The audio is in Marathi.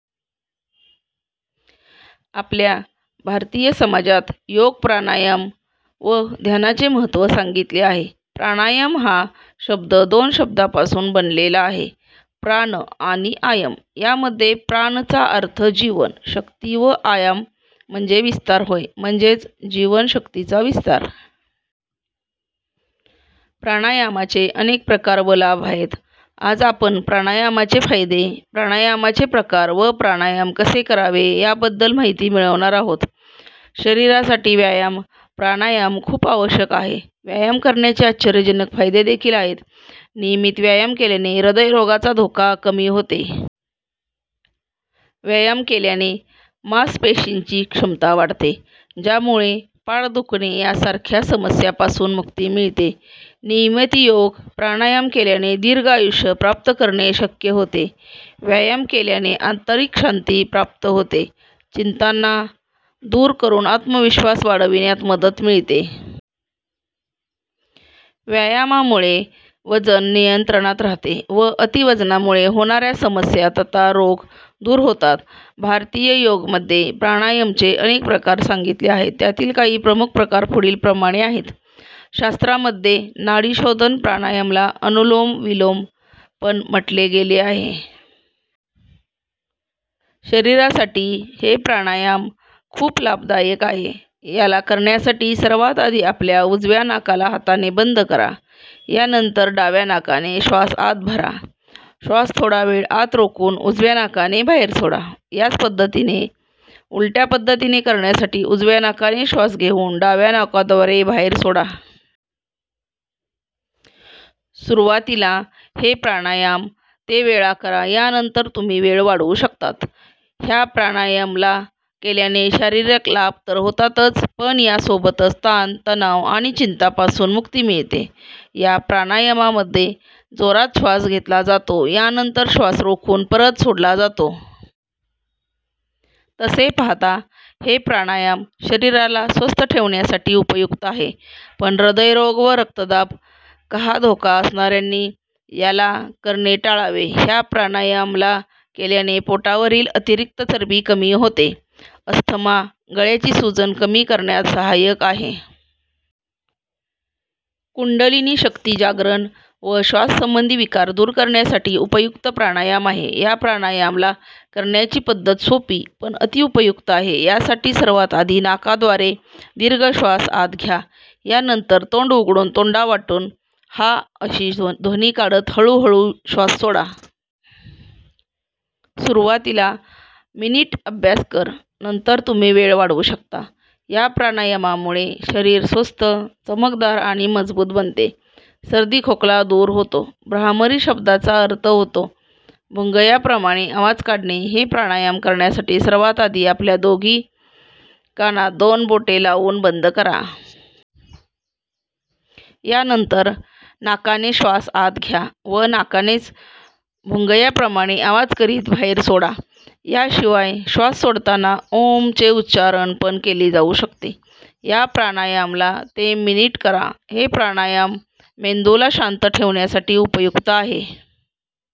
आपल्या भारतीय समाजात योग प्राणायाम व ध्यानाचे महत्त्व सांगितले आहे. प्राणायाम हा शब्द दोन शब्दापासून बनलेला आहे प्राण आणि आयम या मध्ये प्राण चा अर्थ जीवन शक्ती व आयाम म्हणजे विस्तार होय. म्हणजेच जीवन शक्तीचा विस्तार. प्राणायामाचे अनेक प्रकार व लाभ आहेत. आज आपण प्राणायामाचे फायदे, प्राणायामाचे प्रकार व प्राणायाम कसे करावे याबद्दल माहिती मिळवणार आहोत. शरीरासाठी व्यायाम, प्राणायाम खूप आवश्यक आहे व्यायाम करण्याचे आश्चर्यजनक फायदे देखील आहेत. नियमित व्यायाम केल्याने हृदय रोगाचा धोका कमी होते. व्यायाम केल्याने मास पेशींची क्षमता वाढते ज्यामुळे पाठ दुखणे या सारख्या समस्या पासून मुक्ती मिळते. नियमित योग प्राणायाम केल्याने दीर्घ आयुष्य प्राप्त करणे शक्य होते. व्यायाम केल्याने आंतरिक शांती प्राप्त होते, चिंताना दूर करून आत्मविश्वास वाढविण्यात मदत मिळते. व्यायामामुळे वजन नियंत्रणात राहते व अति वजनामुळे होणाऱ्या समस्या तथा रोग दूर होतात. भारतीय योगमध्ये प्राणायमचे अनेक प्रकार सांगितले आहेत, त्यातील काही प्रमुख प्रकार पुढील प्रमाणे आहेत. शास्त्रामध्ये नाड़ीशोधन प्राणायामला अनुलोम विलोम पण म्हटले गेले आहे. शरीरासाठी हे प्राणायाम खूप लाभदायक आहे. याला करण्यासाठी सर्वात आधी आपल्या उजव्या नाकाला हाताने बंद करा, या नंतर डाव्या नाकाने श्वास आत भरा. श्वास थोडा वेळ आत रोखून उजव्या नाकाने बाहेर सोडा. याच पद्धतीला उलट्या पद्धतीने करण्यासाठी उजव्या नाकाने श्वास घेऊन डाव्या नाकाद्वारे बाहेर सोडा. सुरुवातीला हे प्राणायाम ते वेळा करा या नंतर तुम्ही वेळ वाढवू शकतात. ह्या प्राणायाम ला केल्याने शारीरिक लाभ तर होतातच पण या सोबतच ताण तनाव आणि चिंता पासून मुक्ती मिळते. या प्राणायमामध्ये जोरात श्वास घेतला जातो या नंतर श्वास रोखून परत सोडला जातो. तसे पाहता हे प्राणायाम शरीराला स्वस्थ ठेवण्यासाठी उपयुक्त आहे पण हृदय रोग व रक्तदाब कहा धोका असणाऱ्यानी याला करणे टाळावे. ह्या प्राणायाम ला केल्याने पोटावरील अतिरिक्त चरबी कमी होते. अस्थमा, गळ्याची सुजन कमी करण्यात सहायक आहे. कुंडलिनी शक्ति जागरण व श्वास संबंधी विकार दूर करण्यासाठी उपयुक्त प्राणायाम आहे. या प्राणायाम ला करण्याची पद्धत सोपी पण अति उपयुक्त आहे. या साठी सर्वात आधी नाकाद्वारे दीर्घ श्वास आत घ्या. या नंतर तोंड उघडून तोंडावाटून 'हा' अशी ध्वनि काढत हळू हळू श्वास सोडा. सुरुवातीला मिनिट अभ्यास कर नंतर तुम्ही वेळ वाढवू शकता. या प्रणायमामुळे शरीर स्वस्थ, चमकदार आणि मजबूत बनते. सर्दी खोकला दूर होतो. भ्रामरी शब्दाचा अर्थ होतो भुंगयाप्रमाणे आवाज काढणे. हे प्राणायाम करण्यासाठी सर्वात आधी आपल्या दोघी कानात दोन बोटे लाऊन बंद करा. या नंतर नाकाने श्वास आत घ्या व नाकानेच भुंगयाप्रमाणे आवाज करीत बाहेर सोडा. या शिवाय श्वास सोडताना ओम चे उच्चारण पण केले जाऊ शकते. या प्राणायामला ते मिनिट करा. हे प्राणायाम मेंदूला शांत ठेवण्यासाठी उपयुक्त आहे.